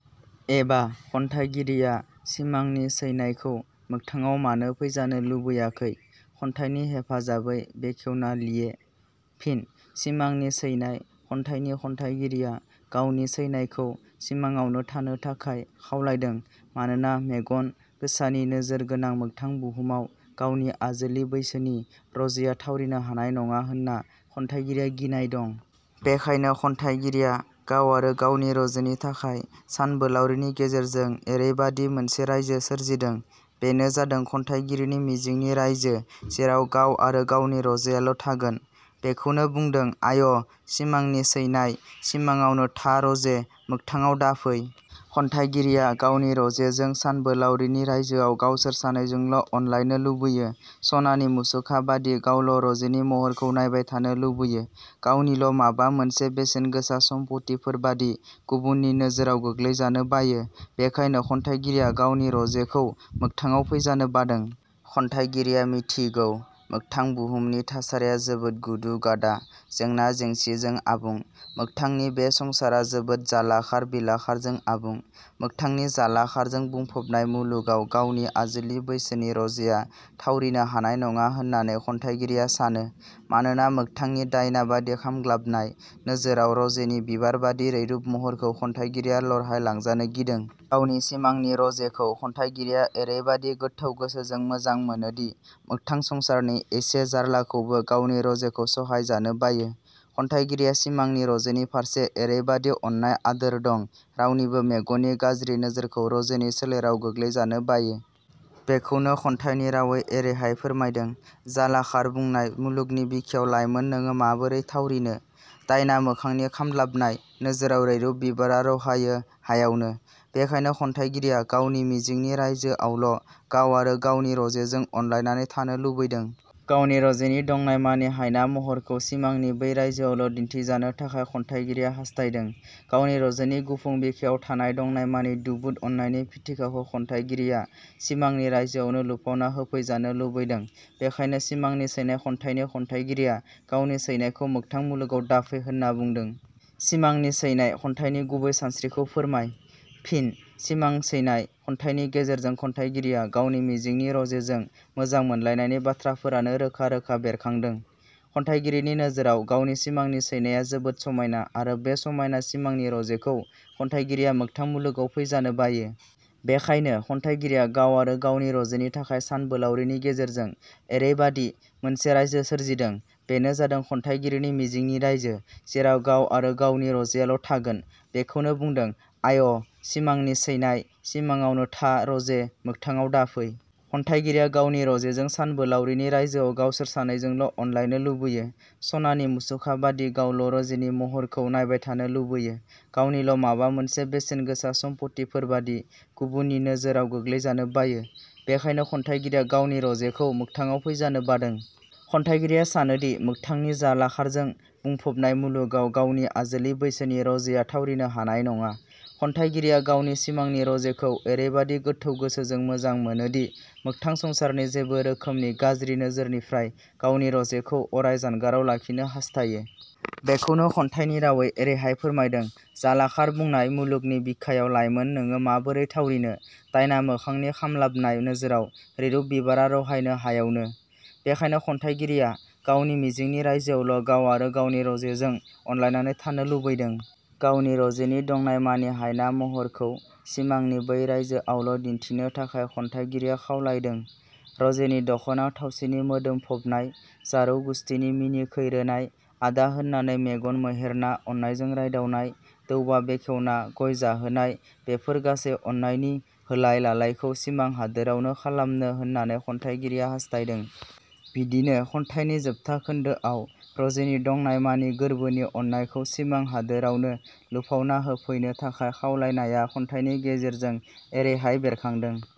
"एबा" खन्थाइगिरिया सिमांनि सैनायखौ मोगथाडाव मानो फैजानो लुबैयाखै? खन्थाइनि हेफाजाबै बेखावना लिए। फिनः 'सिमांनि सैनाय' खन्थाइनि खन्थाइगिरिया गावनि सैनायखौ सिमाङावनो थानो थाखाय खावलायदों। मानोना मेगन गोसानि नोजोर गोनां मोगथां बुहुमाव गावनि आजोलि बैसोनि रजेया थावरिनो हानाय नङा होनना खन्थाइगिरिया गिनाय दं। बेखायनो खन्थाइगिरिया गाव आरो गावनि रजेनि थाखाय सानबोलावरिनि गेजेरजों एरैबादि मोनसे रायजो सोरजिदों, बेनो जादों खन्थाइगिरिनि मिजिंनि रायजो जेराव गाव आरो गावनि रजेयाल' थागोन। बेखौनो बुंदों- आय! सिमांनि सैनाय, – सिमाङावनो था रजे मोगथाङाव दाफै। खन्थाइगिरिया गावनि रजेजों सानबोलावरिनि रायजोआव गावसोर सानैजोंल' अनलायनो लुबैयो, सनानि मुसुखा बादि गावल' रजेनि महरखौ नायबाय थानो लुबैयो, गावनिल' माबा मोनसे बेसेन गोसा सम्फथिफोरबादि गुबुननि नोजोराव गोग्लैजानो बायो। बेखायनो खन्थाइगिरिया गावनि रजेखौ मोगथाडाव फैजानो बादों। खन्थाइगिरिया मिथिगौ मोगथां बुहुमनि थासारिया जोबोद गुदु-गादा, जेंना-जेंसिजों आबुं। मोगथांनि बे संसारा जोबोद जालाखार बिलाखारजों आबुं। मोगथांनि जालाखारजों बुंफबनाय मुलुगाव गावनि आजोलि बैसोनि रजेया थावरिनो हानाय नङा होननानै खन्थाइगिरिया सानो। मानोना मोगथांनि दायना बादि खामग्लाबनाय नोजोराव रजेनि बिबारबादि रैरुब महरखौ खन्थाइगिरिया लरहायलांजानो गिदों। गावनि सिमांनि रजेखौ खन्थाइगिरिया एरैबादि गोथौ गोसोजों मोजां मोनोदि मोगथां संसारनि इसे जारलाखौबो गावनि रजेखौ सहायजानो बायो। खन्थाइगिरिया सिमांनि रजेनि फारसे एरैबादि अननाय आदोर दं रावनिबो मेगननि गाज्रि नोजोरखौ रजेनि सोलेराव गोग्लैजानो बायो। बेखौनो खन्थाइनि रावै एरैहाय फोरमायदों- जालाखार बुंनाय मुलुंगनि बिखायाव लाइमोन नोडो माबोरै थावरिनो? दायना मोखांनि खामदलाबनाय नोजोराव रैरुब बिबारा रहायो हायावनो। बेखायनो, खन्थाइगिरिया गावनि मिजिंनि रायजोआवल' गाव आरो गावनि रजेजों अनलायनानै थानो लुबैदों। गावनि रजेनि दंनायमानि हायना महरखौ सिमांनि बै रायजोआवल' दिन्थिजानो थाखाय खन्थाइगिरिया हास्थायदों। गावनि रजेनि गुफुं बिखायाव थानाय दंनायमानि दुबुद अननायनि फिथिखाखौ खन्थाइगिरिया सिमांनि रायजोआवनो लुफावना होफैजानो लुबैदों। बेखायनो सिमांनि सैनाय खन्याइनि खन्थाइगिरिया गावनि सैनायखौ मोगथां मुलुगाव दाफै होनना बुंदों।. सिमांनि सैनाय' खन्थाइनि गुबै सानस्रिखौ फोरमाय? फिनः 'सिमां सैनाय' खन्थाइनि गेजेरजों खन्थाइगिरिया गावनि मिजिंनि रजेजों मोजां मोनलायनायनि बाथ्राफोरानो रोखा रोखा बेरखांदों। खन्थाइगिरिनि नोजोराव गावनि सिमांनि सैनाया जोबोद समायना आरो बे समायना सिमांनि रजेखौ खन्थाइगिरिया मोगथां मुलुगाव फैजानो बायो। बेखायनो खन्थाइगिरिया गाव आरो गावनि रजेनि थाखाय सानबोलावरिनि गेजेरजों एरैबादि मोनसे रायजो सोरजिदों, बेनो जादों खन्थाइगिरिनि मिजिंनि रायजो जेराव गाव आरो गावनि रजेयाल' थागोन। बेखौनो बुंदों- आय! सिमांनि सैनाय, – सिमाङावनो था रजे मोगथाङाव दाफै। खन्थाइगिरिया गावनि रजेजों सानबोलावरिनि रायजोआव गावसोर 'सानैजोंल' अनलायनो लुबैयो, सनानि मुसुखा बादि गावल' रजेनि महरखौ नायबाय थानो लुबैयो, गावनिल' माबा मोनसे बेसेन गोसा सम्फथिफोरबादि गुबुननि नोजोराव गोग्लैजानो बायो। बेखायनो खन्थाइगिरिया गावनि रजेखौ मोगथाडाव फैजानो बादों। खन्थाइगिरिया सानोदि मोगथांनि जालाखारजों बुंफबनाय मुलुगाव गावनि आजोलि बैसोनि रजेया थावरिनो हानाय नङा। खन्थाइगिरिया गावनि सिमांनि रजेखौ एरैबादि गोथौ गोसोजों मोजां मोनोदि मोगथां संसारनि जेबो रोखोमनि गाज्रि नोजोरनिफ्राय गावनि रजेखौ अराय जानगाराव लाखिनो हास्थायो। बेखौनो खन्थाइनि रावै एरैहाय फोरमायदों- जालाखार बुंनाय मुलुगनि बिखायाव लाइमोन 'नोङो माबोरै थावरिनो? दायना मोखांनि खामलाबनाय नोजोराव रैरुब बिबारा रहायनो हायावनो। बेखायनो खन्थाइगिरिया गावनि मिजिंनि रायजोआवल' गाव आरो गावनि रजेजों अनलायनानै थानो लुबैदों। गावनि रजेनि दंनायमानि हायना महरखौ सिमांनि बै रायजोआवल' दिन्थिनो थाखाय खन्थाइगिरिया – खावलायदों। रजेनि दखना थावसिनि मोदोमफबनाय, जारौ गुस्थिनि मिनिखैरोनाय, आदा होननानै मेगन मोहेरना अननायजों रायदावनाय, दौबा बेखेवना गय जाहोनाय बेफोर गासै अननायनि होलाय लालायखौ सिमां हादोरावनो खालामनो होननानै खन्थाइगिरिया हास्थायदों। बिदिनो खन्थाइनि जोबथा खोन्दोआव रजेनि दंनायमानि गोरबोनि अननायखौ सिमां हादोरावनो लुफावना होफैनो थाखाय खावलायनाया खन्थाइनि गेजेरजों एरैहाय बेरखांदों-।